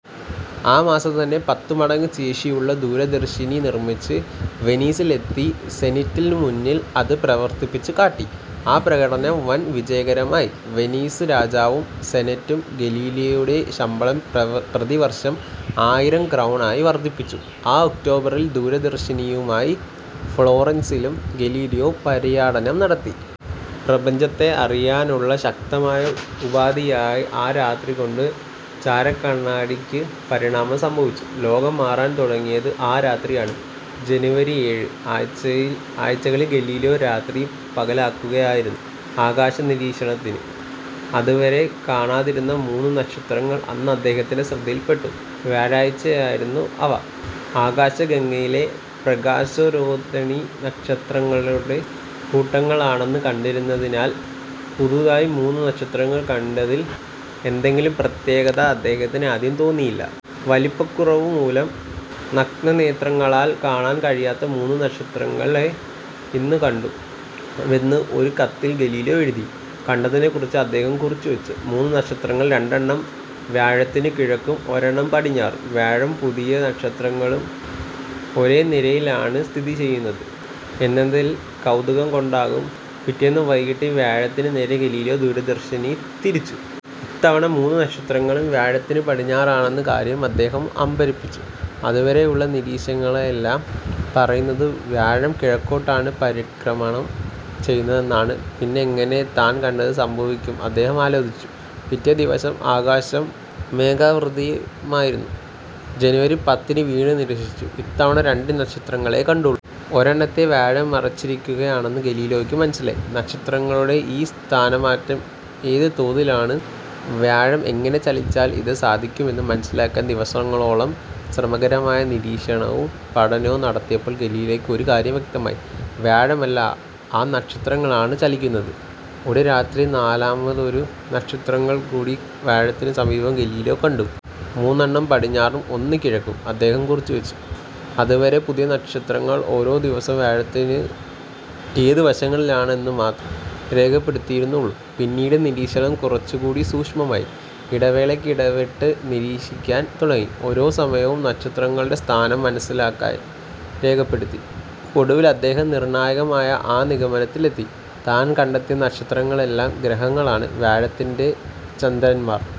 ആ മാസം തന്നെ പത്തുമടങ്ങ് ശേഷിയുള്ള ദൂരദർശിനി നിർമിച്ച് വെനീസിലെത്തി സെനറ്റിന് മുന്നിൽ അത് പ്രവർത്തിപ്പിച്ചു കാട്ടി. ആ പ്രകടനം വൻവിജയമായി. വെനീസ് രാജാവും സെനറ്റും ഗലീലിയോയുടെ ശമ്പളം പ്രതിവർഷം ആയിരം ക്രൗൺ ആയി വർദ്ധിപ്പിച്ചു. ആ ഒക്ടോബറിൽ ദൂരദർശിനിയുമായി ഫ്ളോറൻസിലും ഗലീലിയോ പര്യടനം നടത്തി. പ്രപഞ്ചത്തെ അറിയാനുള്ള ശക്തമായ ഉപാധിയായി ആ രാത്രികൊണ്ട് ചാരക്കണ്ണാടിക്ക് പരിണാമം സംഭവിച്ചു. ലോകം മാറാൻ തുടങ്ങിയത് ആ രാത്രിയാണ്. ജനവരി ഏഴ്. ആഴ്ചകളായി ഗലീലിയോ രാത്രിയെ പകലാക്കുകയായിരുന്നു, ആകാശനിരീക്ഷണത്തിന്. അതുവരെ കാണാതിരുന്ന മൂന്ന് നക്ഷത്രങ്ങൾ അന്ന് അദ്ദേഹത്തിന്റെ ശ്രദ്ധയിൽ പെട്ടു. വ്യാഴത്തിന് സമീപത്തായിരുന്നു അവ. ആകാശഗംഗയിലെ പ്രകാശധോരണി നക്ഷത്രങ്ങളുടെ കൂട്ടങ്ങളാണെന്ന് കണ്ടിരുന്നതിനാൽ, പുതിയതായി മൂന്ന് നക്ഷത്രങ്ങളെ കണ്ടതിൽ എന്തെങ്കിലും പ്രത്യേകത അദ്ദേഹത്തിന് ആദ്യം തോന്നിയില്ല. 'വലിപ്പക്കുറവ് മൂലം നഗ്നനേത്രങ്ങളാൽ കാണാൻ കഴിയാത്ത മൂന്ന് നക്ഷത്രങ്ങളെ ഇന്ന് കണ്ടു'വെന്ന് ഒരു കത്തിൽ ഗലീലിയോ എഴുതി. കണ്ടതിനെക്കുറിച്ച് അദ്ദേഹം കുറിച്ചുവെച്ചു; മൂന്നു നക്ഷത്രങ്ങളിൽ രണ്ടെണ്ണം വ്യാഴത്തിന് കിഴക്കും ഒരെണ്ണം പടിഞ്ഞാറും. വ്യാഴവും പുതിയ നക്ഷത്രങ്ങളും ഒരേ നിരയിലാണ് സ്ഥിതിചെയ്യുന്നത് എന്നതിലെ കൗതുകം കൊണ്ടാകാം, പിറ്റേന്ന് വൈകിട്ടും വ്യാഴത്തിന് നേരെ ഗലീലിയോ ദൂരദർശനി തിരിച്ചു. ഇത്തവണ മൂന്ന് നക്ഷത്രങ്ങളും വ്യാഴത്തിന് പടിഞ്ഞാറാണെന്ന കാര്യം അദ്ദേഹത്തെ അമ്പരപ്പിച്ചു. അതുവരെയുള്ള നിരീക്ഷണങ്ങളെല്ലാം പറയുന്നത് വ്യാഴം കിഴക്കോട്ടാണ് പരിക്രമണം ചെയ്യുന്നത് എന്നാണ്, പിന്നെയെങ്ങനെ താൻ കണ്ടത് സംഭവിക്കും-അദ്ദേഹം ആലോചിച്ചു. പിറ്റേ ദിവസം ആകാശം മേഘാവൃതമായിരുന്നു. ജനവരി പത്തിന് വീണ്ടും നീരീക്ഷിച്ചു, ഇത്തവണ രണ്ട് നക്ഷത്രങ്ങളെയേ കണ്ടുള്ളു. ഒരെണ്ണത്തെ വ്യാഴം മറച്ചിരിക്കുകയാണെന്ന് ഗലീലിയോയ്ക്ക് മനസ്സിലായി. നക്ഷത്രങ്ങളുടെ ഈ സ്ഥാനമാറ്റം ഏത് തോതിലാണ്, വ്യാഴം എങ്ങനെ ചലിച്ചാൽ ഇത് സാധിക്കും എന്ന് മനസ്സിലാക്കാൻ ദിവസങ്ങളോളം ശ്രമകരമായ നിരീക്ഷണവും പഠനവും നടത്തിയപ്പോൾ ഗലീലിയോയ്ക്ക് ഒരു കാര്യം വ്യക്തമായി -വ്യാഴമല്ല, ആ നക്ഷത്രങ്ങളാണ് ചലിക്കുന്നത്! ഒരു രാത്രി നാലാമതൊരു നക്ഷത്രത്തെക്കൂടി വ്യാഴത്തിന് സമീപം ഗലീലിയോ കണ്ടു. മൂന്നെണ്ണം പടിഞ്ഞാറും ഒന്ന് കിഴക്കും'-അദ്ദേഹം കുറിച്ചുവെച്ചു. അതുവരെ പുതിയ നക്ഷത്രങ്ങൾ ഓരോ ദിവസവും വ്യാഴത്തിന്റെ ഏത് വശങ്ങളിലാണ് എന്നുമാത്രമേ രേഖപ്പെടുത്തിയിരുന്നുള്ളൂ. പിന്നീട് നിരീക്ഷണം കുറച്ചുകൂടി സൂക്ഷ്മമാക്കി, ഇടവേളകൾ ഇടവിട്ട് നിരീക്ഷിക്കാൻ തുടങ്ങി. ഓരോ സമയത്തും നക്ഷത്രങ്ങളുടെ സ്ഥാനം മനസ്സിലാക്കി രേഖപ്പെടുത്തി. ഒടുവിൽ അദ്ദേഹം നിർണായകമായ ആ നിഗമനത്തിലെത്തി, താൻ കണ്ടെത്തിയവ നക്ഷത്രങ്ങളല്ല, ഗ്രഹങ്ങളാണ്-വ്യാഴത്തിന്റെ ചന്ദ്രൻമാർ.